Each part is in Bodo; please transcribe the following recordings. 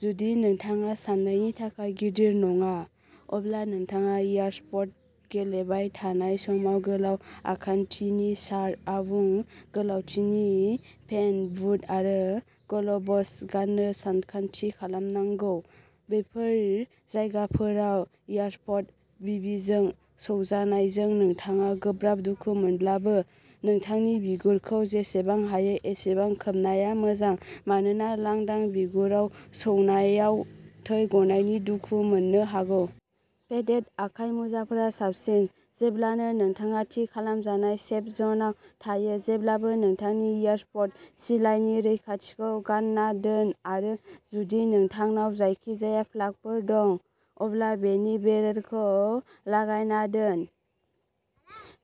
जुदि नोंथाङा सानायनि थाखाय गिलिर नङा, अब्ला नोंथाङा एयारसफ्ट गेलेबाय थानाय समाव गोलाव आखान्थिनि शार्ट, आबुं गोलावथिनि पेन्ट, बुट आरो ग्ल'भ्स गान्नो सानथांखि खालामनांगौ। बेफोर जायगाफोराव एयारसफ्ट बिबिजों सौजानायजों नोंथाङा गोब्राब दुखु मोनाब्लाबो, नोंथांनि बिगुरखौ जेसेबां हायो एसेबां खोबनाया मोजां मानोना लांदां बिगुराव सौनायाव थै गनायनि दुखु मोननो हागौ। पेडेड आखाइ मुजाफोरा साबसिन। जेब्लानो नोंथाङा थि खालामजानाय सेफ जनआव थायो, जेब्लाबो नोंथांनि एयारसफ्ट सिलाइनि रैखाथिखौ गानना दोन आरो जुदि नोंथांनाव जायखिजाया प्लागफोर दं, अब्ला बेनि बेरेलखौ लागायना दोन।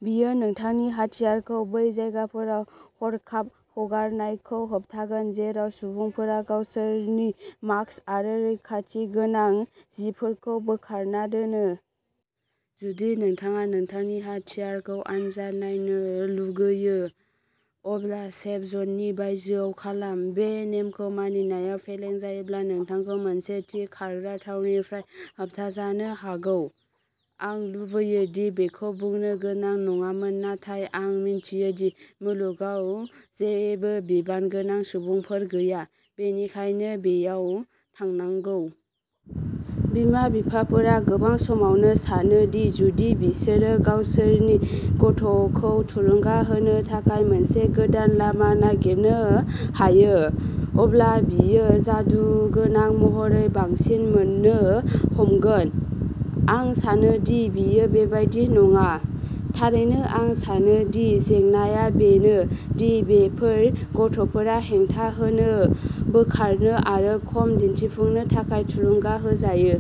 बेयो नोंथांनि हाथियारखौ बै जायगाफोराव हरखाब हगारनायखौ होबथायगोन जेराव सुबुंफोरा गावसोरनि मास्क आरो रैखाथि गोनां जिफोरखौ बोखारना दोनो। जुदि नोंथाङा नोंथांनि हाथियारखौ आनजाद नायनो लुगैयो, अब्ला सेफ जननि बायजोआव खालाम। बे नेमखौ मानिनायाव फेलें जायोब्ला नोंथांखौ मोनसे थि खारग्रा थावनिनिफ्राय होबथाजानो हागौ। आं लुबैयो दि बेखौ बुंनो गोनां नङामोन, नाथाय आं मिथियो दि मुलुगाव जेबो बिबानगोनां सुबुंफोर गैया, बेनिखायनो बेयाव थांनांगौ। बिमा-बिफाफोरा गोबां समावनो सानो दि जुदि बिसोरो गावसोरनि गथ'खौ थुलुंगा होनो थाखाय मोनसे गोदान लामा नागिरनो हायो, अब्ला बियो जादुगोनां महरै बांसिन मोन्नो हमगोन। आं सानो दि बेयो बेबादि नङा। थारैनो, आं सानो दि जेंनाआ बेनो दि बेफोर गथ'फोरा हेंथा होनो, बोखारनो आरो खम दिन्थिफुंनो थाखाय थुलुंगा होजायो।